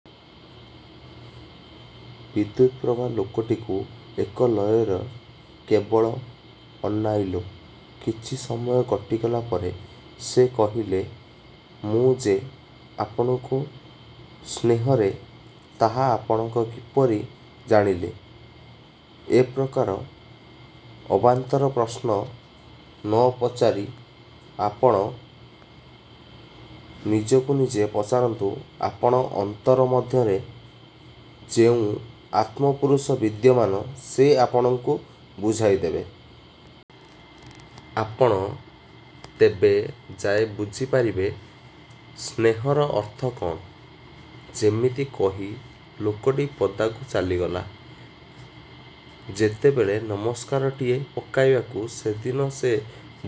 '' ବିଦ୍ୟୁପ୍ରଭା ଲୋକଟିକୁ ଏକ ଲୟରେ କେବଳ ଅନାଇଲେ। କିଛି ସମୟ କଟିଗଲା ପରେ ସେ କହିଲେ, ''ମୁଁ ଯେ ଆପଣଙ୍କୁ ସ୍ନେହକରେ ତାହା ଆପଣ କିପରି ଜାଣିଲେ? '' ''ଏପ୍ରକାର ଅବାନ୍ତର ପ୍ରଶ୍ନ ମୋତେ ନ ପଚାରି ଆପଣ ନିଜକୁ ନିଜେ ପଚାରନ୍ତୁ। ଆପଣଙ୍କ ଅନ୍ତର ମଧ୍ୟରେ ଯେଉଁ ଆତ୍ମା ପୁରୁଷ ବିଦ୍ୟମାନ ସେ ଆପଣଙ୍କୁ ବୁଝାଇ ଦେବ। ଆପଣ ତେବେ ଯାଇ ବୁଝିପାରିବେ ସ୍ନେହର ଅର୍ଥ କ'ଣ? '' ଏତିକି କହି ଲୋକଟି ପଦାକୁ ଚାଲିଗଲା। ଯିବାବେଳେ ନମସ୍କାରଟିଏ ପକାଇବାକୁ ସେଦିନ ସେ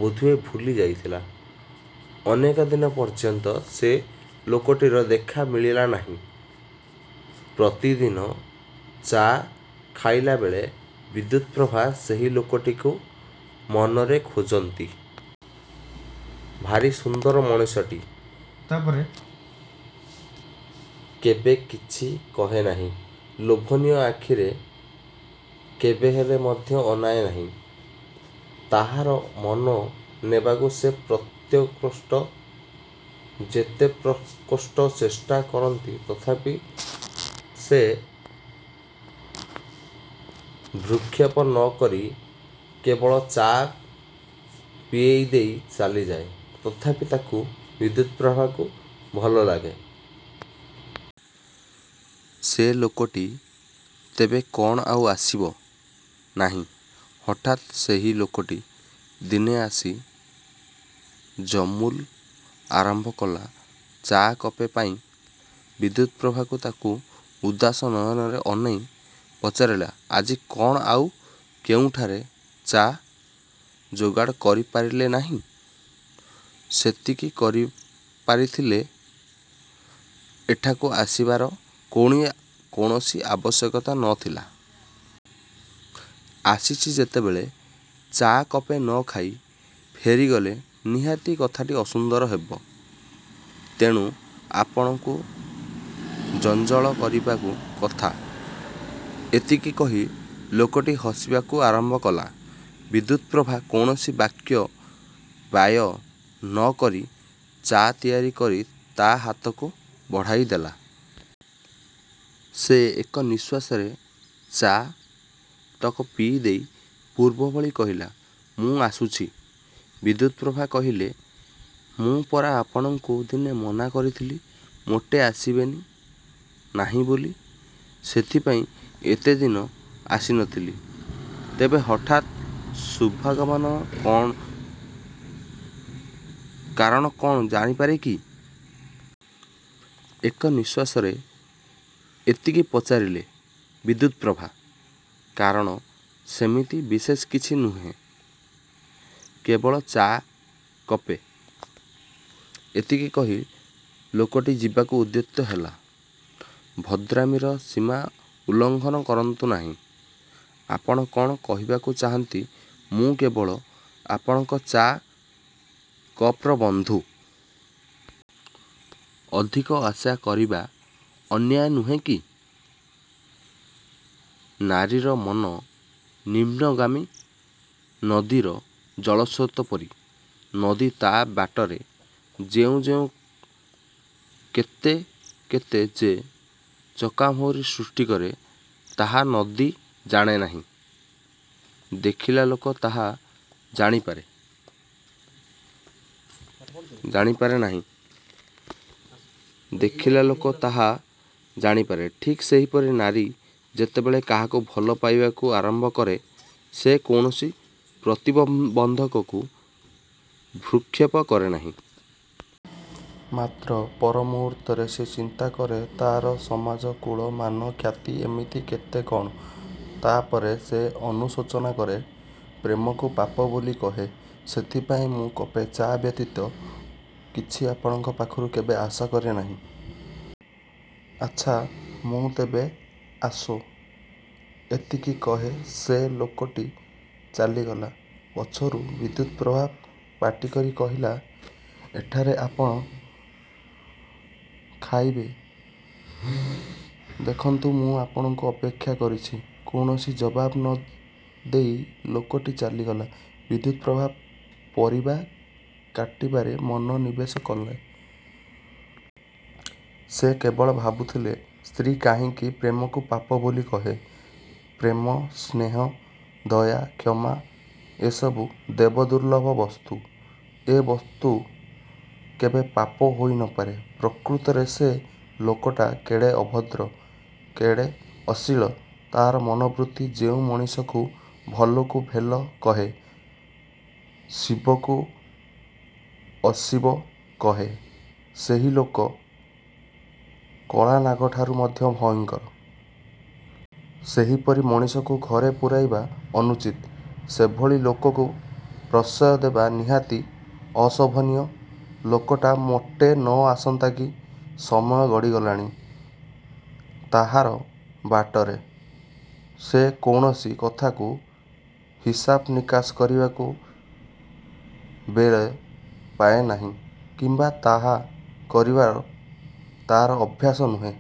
ବୋଧହୁଏ ଭୁଲି ଯାଇଥିଲା। ଅନେକ ଦିନ ପର୍ଯ୍ୟନ୍ତ ସେ ଲୋକଟିର ଦେଖା ମିଳିଲା ନାହିଁ। ପ୍ରତିଦିନ ଚା' ଖାଇଲାବେଳେ ବିଦ୍ୟୁପ୍ରଭା ସେହି ଲୋକଟିକୁ ମନେମନେ ଖୋଜନ୍ତି। ଭାରି ସୁନ୍ଦର ମଣିଷଟି। କେବେ କିଛି କହେନାହିଁ। ଲୋଭନୀୟ ଆଖିରେ କେବେହେଲେ ମଧ୍ୟ ଅନାଏ ନାହିଁ। ତାହାର ମନ ନେବାକୁ ସେ ଯେତେପ୍ରକାର ଚେଷ୍ଟା କରନ୍ତି ତଥାପି ସେଥିପ୍ରତି ସେ ଭ୍ରୂକ୍ଷେପ ନ କରି କେବଳ ଚା' ପିଇଦେଇ ଚାଲିଯାଏ। ତଥାପି ତାକୁ ବିଦ୍ୟୁପ୍ରଭାକୁ ଭଲଲାଗେ। ସେ ଲୋକଟି ତେବେ କ'ଣ ଆଉ ଆସିବ ନାହିଁ? ହଠାତ୍ ସେହି ଲୋକଟି ଦିନେ ଆସି ଜଲୁମ ଆରମ୍ଭ କଲା ଚା' କପେ ପାଇଁ। ବିଦ୍ୟୁପ୍ରଭା ତାକୁ ଉଦାସ ନୟନରେ ଅନାଇ ପଚାରିଲେ, ''ଆଜି କ'ଣ ଆଉ କେଉଁଠାରେ ଚା' ଯୋଗାଡ଼ କରିପାରିଲେ ନାହିଁ? '' ''ସେତିକି କରିପାରିଥିଲେ ଏଠାକୁ ଆସିବାର କୌଣସି ଆବଶ୍ୟକତା ନ ଥିଲା। ଆସିଛି ଯେତେବେଳେ ଚା' କପେ ନ ଖାଇ ଫେରିଗଲେ ନିହାତି କଥାଟା ଅସୁନ୍ଦର ହେବ। ତେଣୁ ଆପଣଙ୍କୁ ଜଞ୍ଜାଳ କରିବା କଥା। '' ଏତିକି କହି ଲୋକଟି ହସିବାକୁ ଆରମ୍ଭ କଲା। ବିଦ୍ୟୁପ୍ରଭା କୌଣସି ବାକ୍ୟ ବ୍ୟୟ ନ କରି ଚା' ତିଆରି କରି ତା' ହାତକୁ ବଢ଼ାଇ ଦେଲେ। ସେ ଏକ ନିଶ୍ୱାସରେ ଚା' ତକ ପିଇଦେଇ ପୂର୍ବ ଭଳି କହିଲା, ''ମୁଁ ଆସୁଛି। '' ବିଦ୍ୟୁପ୍ରଭା କହିଲେ, ''ମୁଁ ପରା ଆପଣଙ୍କୁ ଦିନେ ମନାକରିଥିଲି ମୋଟେ ଆସିବେ ନାହିଁ ବୋଲି। '' ''ସେଥିପାଇଁ ଏତେଦିନ ଆସିନଥିଲି। '' ''ତେବେ ହଠାତ୍ ଶୁଭାଗମନର କାରଣ କ'ଣ ଜାଣିପାରେକି? '' ଏକ ନିଶ୍ୱାସରେ ଏତିକି ପଚାରିଲେ ବିଦ୍ୟୁପ୍ରଭା। ''କାରଣ ସେମିତି ବିଶେଷ କିଛି ନୁହେଁ। କେବଳ କପେ ଚା'। '' ଏତିକି କହି ଲୋକଟି ଯିବାକୁ ଉଦ୍ୟତ ହେଲା। ''ଭଦ୍ରାମିର ସୀମା ଲଙ୍ଘନ କରନ୍ତୁ ନାହିଁ। ଆପଣ କ'ଣ କହିବାକୁ ଚାହାଁନ୍ତି ମୁଁ କେବଳ ଆପଣଙ୍କର ଚା' କପ୍କର ବନ୍ଧୁ? '' ''ଅଧିକ ଆଶା କରିବା ଅନ୍ୟାୟ ନୁହେଁ କି? ନାରୀର ମନ ନିମ୍ନଗାମୀ ନଦୀର ଜଳସ୍ରୋତ ପରି। ନଦୀ ତା'ର ବାଟରେ ଯାଉଁ ଯାଉଁ କେତେ କେତେ ଯେ ଚକାଭଉଁରୀ ସୃଷ୍ଟିକରେ ତାହା ନଦୀ ଜାଣେନାହିଁ। ଦେଖିଲା ଲୋକ ତାହା ଜାଣିପାରେ। ଠିକ୍ ସେହିପରି ନାରୀ ଯେତେବେଳେ କାହାକୁ ଭଲ ପାଇବାକୁ ଆରମ୍ଭ କରେ ସେ କୌଣସି ପ୍ରତିବନ୍ଧକକୁ ଭ୍ରୂକ୍ଷେପ କରେନାହିଁ। ମାତ୍ର ପରମୁହୂର୍ତ୍ତରେ ସେ ଚିନ୍ତା କରେ ତା'ର ସମାଜ, କୁଳ, ମାନ, ଖ୍ୟାତି, ଏମିତି କେତେ କ'ଣ। ତା'ପରେ ସେ ଅନୁଶୋଚନା କରେ। ପ୍ରେମକୁ ପାପ ବୋଲି କହେ। ସେଥିପାଇଁ ମୁଁ କପେ ଚା' ବ୍ୟତୀତ ଅନ୍ୟ କିଛି ଆପଣଙ୍କ ପାଖରୁ କେବେ ଆଶା କରେନାହିଁ। ଆଚ୍ଛା ମୁଁ ତେବେ ଆସେ। '' ଏତିକି କହି ସେ ଲୋକଟି ଚାଲିଗଲା। ପଛରୁ ବିଦ୍ୟୁପ୍ରଭା ପାଟିକରି କହିଲେ, ''ଏଠାରେ ଆପଣ ଖାଇବେ ଦେଖନ୍ତୁ ମୁଁ ଆପଣଙ୍କୁ ଅପେକ୍ଷା କରିଛି। '' କୌଣସି ଜବାବ୍ ନ ଦେଇ ଲୋକଟି ଚାଲିଗଲା। ବିଦ୍ୟୁପ୍ରଭା ପରିବା କାଟିବାରେ ମନ ନିବେଶ କଲେ। ସେ କେବଳ ଭାବୁଥିଲେ ସ୍ତ୍ରୀ କାହିଁକି ପ୍ରେମକୁ ପାପ ବୋଲି କହେ? ପ୍ରେମ, ସ୍ନେହ, ଦୟା, କ୍ଷମା ଏସବୁ ଦେବଦୁର୍ଲ୍ଲଭ ବସ୍ତୁ। ଏ ସବୁ ବସ୍ତୁ କେବେ ପାପ ହୋଇନପାରେ। ପ୍ରକୃତରେ ସେ ଲୋକଟା କେଡ଼େ ଅଭଦ୍ର। କେଡ଼େ ଅଶ୍ଳୀଳ ତା'ର ମନବୃତ୍ତି। ଯେଉଁ ମଣିଷ ଭଲକୁ ଭେଲ କହେ, ଶିବକୁ ଅଶିବ କହେ ସେହି ଲୋକ କଳାନାଗଠାରୁ ମଧ୍ୟ ଭୟଙ୍କର। ସେପରି ମଣିଷକୁ ଘରେ ପୂରାଇବା ଅନୁଚିତ୍। ସେହିଭଳି ଲୋକକୁ ପ୍ରଶ୍ରୟ ଦେବା ନିହାତି ଅଶୋଭନୀୟ। ଲୋକଟା ମୋଟ ନ ଆସନ୍ତା କି। ସମୟ ଗଡ଼ିଚାଲିଛି। ତାହାର ବାଟରେ। ସେ କୌଣସି କଥାକୁ ହିସାବ ନିକାଶ କରିବାକୁ ବେଳ ପାଏ ନାହିଁ କିମ୍ବା ତାହା କରିବା ତା'ର ଅଭ୍ୟାସ ନୁହେଁ।